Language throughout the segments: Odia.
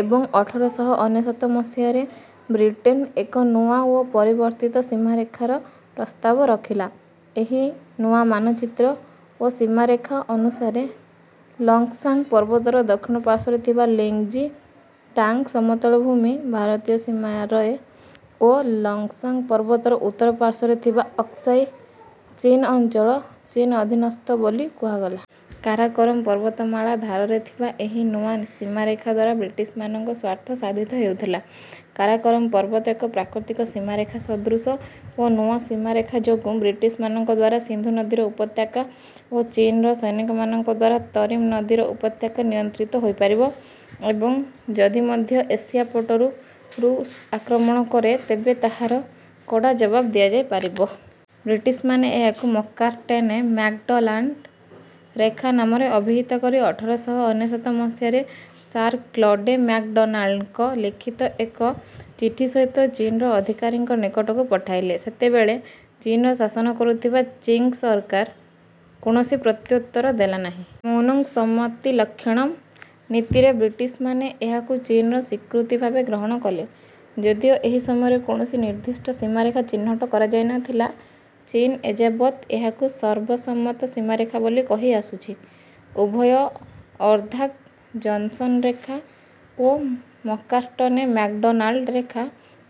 ଏବଂ ଅଠର ଶହ ଅନେଶତ ମସିହାରେ ବ୍ରିଟେନ୍ ଏକ ନୂଆ ଓ ପରିବର୍ତ୍ତିତ ସୀମାରେଖାର ପ୍ରସ୍ତାବ ରଖିଲା। ଏହି ନୂଆ ମାନଚିତ୍ର ଓ ସୀମାରେଖା ଅନୁସାରେ ଲକ୍ତ୍‌ସାଙ୍ଗ୍ ପର୍ବତର ଦକ୍ଷିଣ ପାର୍ଶ୍ୱରେ ଥିବା ଲିଙ୍ଗ୍‌ଜି ତାଙ୍ଗ୍ ସମତଳଭୂମି ଭାରତୀୟ ସୀମାରେ ଓ ଲକ୍ତ୍‌ସାଙ୍ଗ୍ ପର୍ବତର ଉତ୍ତର ପାର୍ଶ୍ୱରେ ଥିବା ଅକ୍ସାଇ ଚୀନ୍ ଅଞ୍ଚଳ ଚୀନ୍ ଅଧୀନସ୍ଥ ବୋଲି କୁହାଗଲା। କାରାକୋରମ୍ ପର୍ବତମାଳା ଧାରରେ ଥିବା ଏହି ନୂଆ ସୀମାରେଖା ଦ୍ୱାରା ବ୍ରିଟିଶ୍‌ମାନଙ୍କ ସ୍ୱାର୍ଥ ସାଧିତ ହେଉଥିଲା। କାରାକୋରମ୍ ପର୍ବତ ଏକ ପ୍ରାକୃତିକ ସୀମାରେଖା ସଦୃଶ ଓ ନୂଆ ସୀମାରେଖା ଯୋଗୁଁ ବ୍ରିଟିଶ୍‌ମାନଙ୍କ ଦ୍ୱାରା ସିନ୍ଧୁ ନଦୀର ଉପତ୍ୟକା ଓ ଚୀନ୍‌ର ସୈନିକମାନଙ୍କ ଦ୍ୱାରା ତରିମ୍ ନଦୀର ଉପତ୍ୟକା ନିୟନ୍ତ୍ରିତ ହୋଇପାରିବ ଏବଂ ଯଦି ମଧ୍ୟ ଏସିଆ ପଟରୁ ଋଷ୍ ଆକ୍ରମଣ କରେ ତେବେ ତାହାର କଡ଼ା ଜବାବ ଦିଆଯାଇପାରିବ। ବ୍ରିଟିଶ୍‌ମାନେ ଏହାକୁ ମକାର୍ଟ୍‌ନେ ମ୍ୟାକ୍‌ଡନାଲ୍ଡ୍ ରେଖା ନାମରେ ଅଭିହିତ କରି ଅଠର ଶହ ଅନେଶତ ମସିହାରେ ସାର୍ କ୍ଲଡେ ମ୍ୟାକ୍‌ଡନାଲ୍ଡ୍‌ଙ୍କ ଲିଖିତ ଏକ ଚିଠି ସହିତ ଚୀନ୍‌ର ଅଧିକାରୀଙ୍କ ନିକଟକୁ ପଠାଇଲେ। ସେତେବେଳେ ଚୀନ୍‌ର ଶାସନ କରୁଥିବା ଚିଙ୍ଗ୍ ସରକାର କୌଣସି ପ୍ରତ୍ୟୁତ୍ତର ଦେଲା ନାହିଁ। ମୌନଂ ସମ୍ମତି ଲକ୍ଷଣମ୍ ନୀତିରେ ବ୍ରିଟିଶ୍‌ମାନେ ଏହାକୁ ଚୀନ୍‌ର ସ୍ୱୀକୃତି ଭାବେ ଗ୍ରହଣ କଲେ। ଯଦିଓ ଏହି ସମୟରେ କୌଣସି ନିର୍ଦ୍ଦିଷ୍ଟ ସୀମାରେଖା ଚିହ୍ନଟ କରାଯାଇ ନ ଥିଲା, ଚୀନ୍ ଏଯାବତ୍ ଏହାକୁ ସର୍ବସମ୍ମତ ସୀମାରେଖା ବୋଲି କହିଆସୁଛି। ଉଭୟ ଆର୍ଦାଘ୍-ଜନ୍‌ସନ୍ ରେଖା ଓ ମକାର୍ଟ୍‌ନେ-ମ୍ୟାକ୍‌ଡନାଲ୍ଡ୍ ରେଖା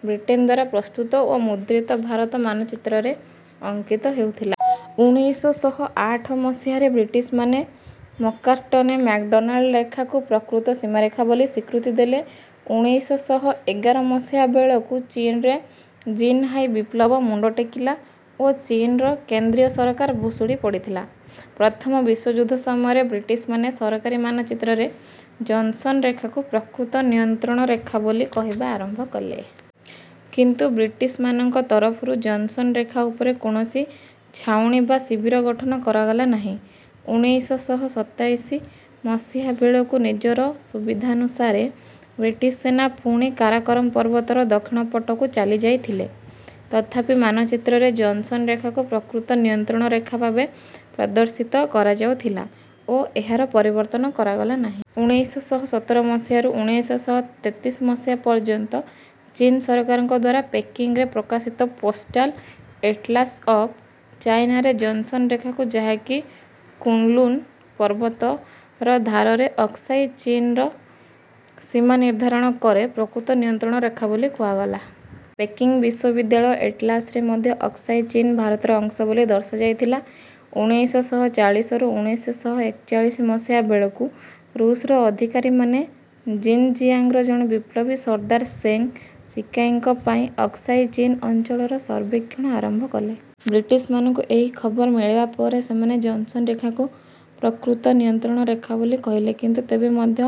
ବ୍ରିଟେନ୍ ଦ୍ୱାରା ପ୍ରସ୍ତୁତ ଓ ମୁଦ୍ରିତ ଭାରତ ମାନଚିତ୍ରରେ ଅଙ୍କିତ ହେଉଥିଲା। ଉଣେଇଶ ଶହ ଆଠ ମସିହାରେ ବ୍ରିଟିଶ୍‌ମାନେ ମକାର୍ଟ୍‌ନେ ମ୍ୟାକ୍‌ଡନାଲ୍ଡ୍ ରେଖାକୁ ପ୍ରକୃତ ସୀମାରେଖା ବୋଲି ସ୍ୱୀକୃତି ଦେଲେ। ଉଣେଇଶ ଶହ ଏଗାର ମସିହା ବେଳକୁ ଚୀନରେ ଜିନ୍‌ହାଇ ବିପ୍ଳବ ମୁଣ୍ଡ ଟେକିଲା ଓ ଚୀନର କେନ୍ଦ୍ରୀୟ ସରକାର ଭୁଷୁଡ଼ି ପଡ଼ିଥିଲା। ପ୍ରଥମ ବିଶ୍ୱଯୁଦ୍ଧ ସମୟରେ ବ୍ରିଟିଶ୍‌ମାନେ ସରକାରୀ ମାନଚିତ୍ରରେ ଜନ୍‌ସନ୍ ରେଖାକୁ ପ୍ରକୃତ ନିୟନ୍ତ୍ରଣରେଖା ବୋଲି କହିବା ଆରମ୍ଭ କଲେ। କିନ୍ତୁ ବ୍ରିଟିଶ୍‌ମାନଙ୍କ ତରଫରୁ ଜନ୍‌ସନ୍ ରେଖା ଉପରେ କୌଣସି ଛାଉଣୀ ବା ଶିବିର ଗଠନ କରାଗଲା ନାହିଁ। ଉଣେଇଶ ଶହ ସତାଇଶ ମସିହା ବେଳକୁ ନିଜର ସୁବିଧାନୁସାରେ ବ୍ରିଟିଶ୍ ସେନା ପୁଣି କାରାକୋରମ୍ ପର୍ବତର ଦକ୍ଷିଣ ପଟକୁ ଚାଲିଯାଇଥିଲେ। ତଥାପି ମାନଚିତ୍ରରେ ଜନ୍‌ସନ୍ ରେଖାକୁ ପ୍ରକୃତ ନିୟନ୍ତ୍ରଣ ରେଖା ଭାବେ ପ୍ରଦର୍ଶିତ କରାଯାଉଥିଲା ଓ ଏହାର ପରିବର୍ତ୍ତନ କରାଗଲା ନାହିଁ। ଉଣେଇଶ ଶହ ସତର ମସିହାରୁ ଉଣେଇଶ ଶହ ତେତିଶ ମସିହା ପର୍ଯ୍ୟନ୍ତ ଚୀନ୍ ସରକାରଙ୍କ ଦ୍ୱାରା ପେକିଂରେ ପ୍ରକାଶିତ ପୋଷ୍ଟାଲ୍ ଏଟ୍‌ଲାସ୍ ଅଫ୍ ଚାଇନା ରେ ଜନ୍‌ସନ୍ ରେଖାକୁ ଯାହାକି କୁନ୍‌ଲୁନ୍ ପର୍ବତର ଧାରରେ ଅକ୍ସାଇ ଚୀନର ସୀମା ନିର୍ଦ୍ଧାରଣ କରେ ପ୍ରକୃତ ନିୟନ୍ତ୍ରଣ ରେଖା ବୋଲି କୁହାଗଲା। ପେକିଂ ବିଶ୍ୱବିଦ୍ୟାଳୟ ଏଟ୍‌ଲାସ୍ ରେ ମଧ୍ୟ ଅକ୍ସାଇ ଚୀନ୍ ଭାରତର ଅଂଶ ବୋଲି ଦର୍ଶାଯାଇଥିଲା। ଉଣେଇଶ ଶହ ଚାଳିଶରୁ ଉଣେଇଶ ଶହ ଏକଚାଳିଶ ମସିହା ବେଳକୁ ଋଷ୍‌ର ଅଧିକାରୀମାନେ ଜିନ୍‌ଜିଆଙ୍ଗ୍‌ର ଜଣେ ବିପ୍ଳବୀ ସର୍ଦ୍ଦାର ଶେଙ୍ଗ୍ ଶିକାଇଙ୍କ ପାଇଁ ଅକ୍ସାଇ ଚୀନ୍ ଅଞ୍ଚଳର ସର୍ବେକ୍ଷଣ ଆରମ୍ଭ କଲେ। ବ୍ରିଟିଶ୍‌ମାନଙ୍କୁ ଏହି ଖବର ମିଳିବା ପରେ ସେମାନେ ଜନ୍‌ସନ୍ ରେଖାକୁ ପ୍ରକୃତ ନିୟନ୍ତ୍ରଣ ରେଖା ବୋଲି କହିଲେ। କିନ୍ତୁ ତେବେ ମଧ୍ୟ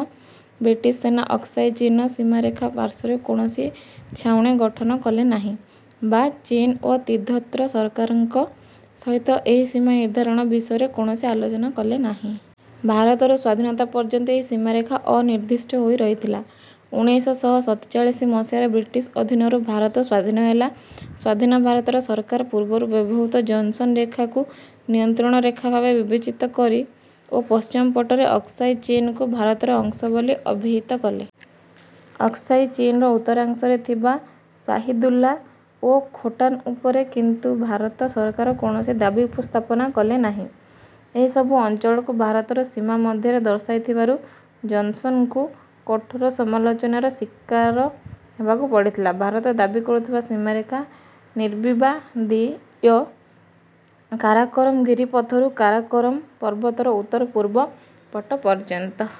ବ୍ରିଟିଶ୍ ସେନା ଅକ୍ସାଇ ଚୀନର ସୀମାରେଖା ପାର୍ଶ୍ୱରେ କୌଣସି ଛାଉଣୀ ଗଠନ କଲେ ନାହିଁ ବା ଚୀନ୍ ଓ ତିବ୍ଦତର ସରକାରଙ୍କ ସହିତ ଏହି ସୀମା ନିର୍ଦ୍ଧାରଣ ବିଷୟରେ କୌଣସି ଆଲୋଚନା କଲେ ନାହିଁ। ଭାରତର ସ୍ୱାଧୀନତା ପର୍ଯ୍ୟନ୍ତ ଏହି ସୀମାରେଖା ଅନିର୍ଦ୍ଦିଷ୍ଟ ହୋଇ ରହିଥିଲା। ଉଣେଇଶ ଶହ ସତଚାଳିଶ ମସିହାରେ ବ୍ରିଟିଶ୍ ଅଧୀନରୁ ଭାରତ ସ୍ୱାଧୀନ ହେଲା। ସ୍ୱାଧୀନ ଭାରତର ସରକାର ପୂର୍ବରୁ ବ୍ୟବହୃତ ଜନ୍‌ସନ୍ ରେଖାକୁ ନିୟନ୍ତ୍ରଣ ରେଖା ଭାବେ ବିବେଚିତ କରି ଓ ପଶ୍ଚିମ ପଟରେ ଅକ୍ସାଇ ଚୀନ୍‌କୁ ଭାରତର ଅଂଶ ବୋଲି ଅଭିହିତ କଲେ। ଅକ୍ସାଇ ଚୀନ୍‌ର ଉତ୍ତରାଂଶରେ ଥିବା ଶାହିଦୁଲ୍ଲା ଓ ଖୋଟାନ୍ ଉପରେ କିନ୍ତୁ ଭାରତ ସରକାର କୌଣସି ଦାବି ଉପସ୍ଥାପନ କଲେ ନାହିଁ। ଏହି ସବୁ ଅଞ୍ଚଳକୁ ଭାରତର ସୀମା ମଧ୍ୟରେ ଦର୍ଶାଇଥିବାରୁ ଜନ୍‌ସନ୍‌ଙ୍କୁ କଠୋର ସମାଲୋଚନାର ଶିକାର ହେବାକୁ ପଡ଼ିଥିଲା। ଭାରତ ଦାବି କରୁଥିବା ସୀମାରେଖା ନିର୍ବିବାଦୀୟ କାରାକୋରମ୍ ଗିରିପଥରୁ କାରାକୋରମ୍ ପର୍ବତର ଉତ୍ତର ପୂର୍ବ ପଟ ପର୍ଯ୍ୟନ୍ତ।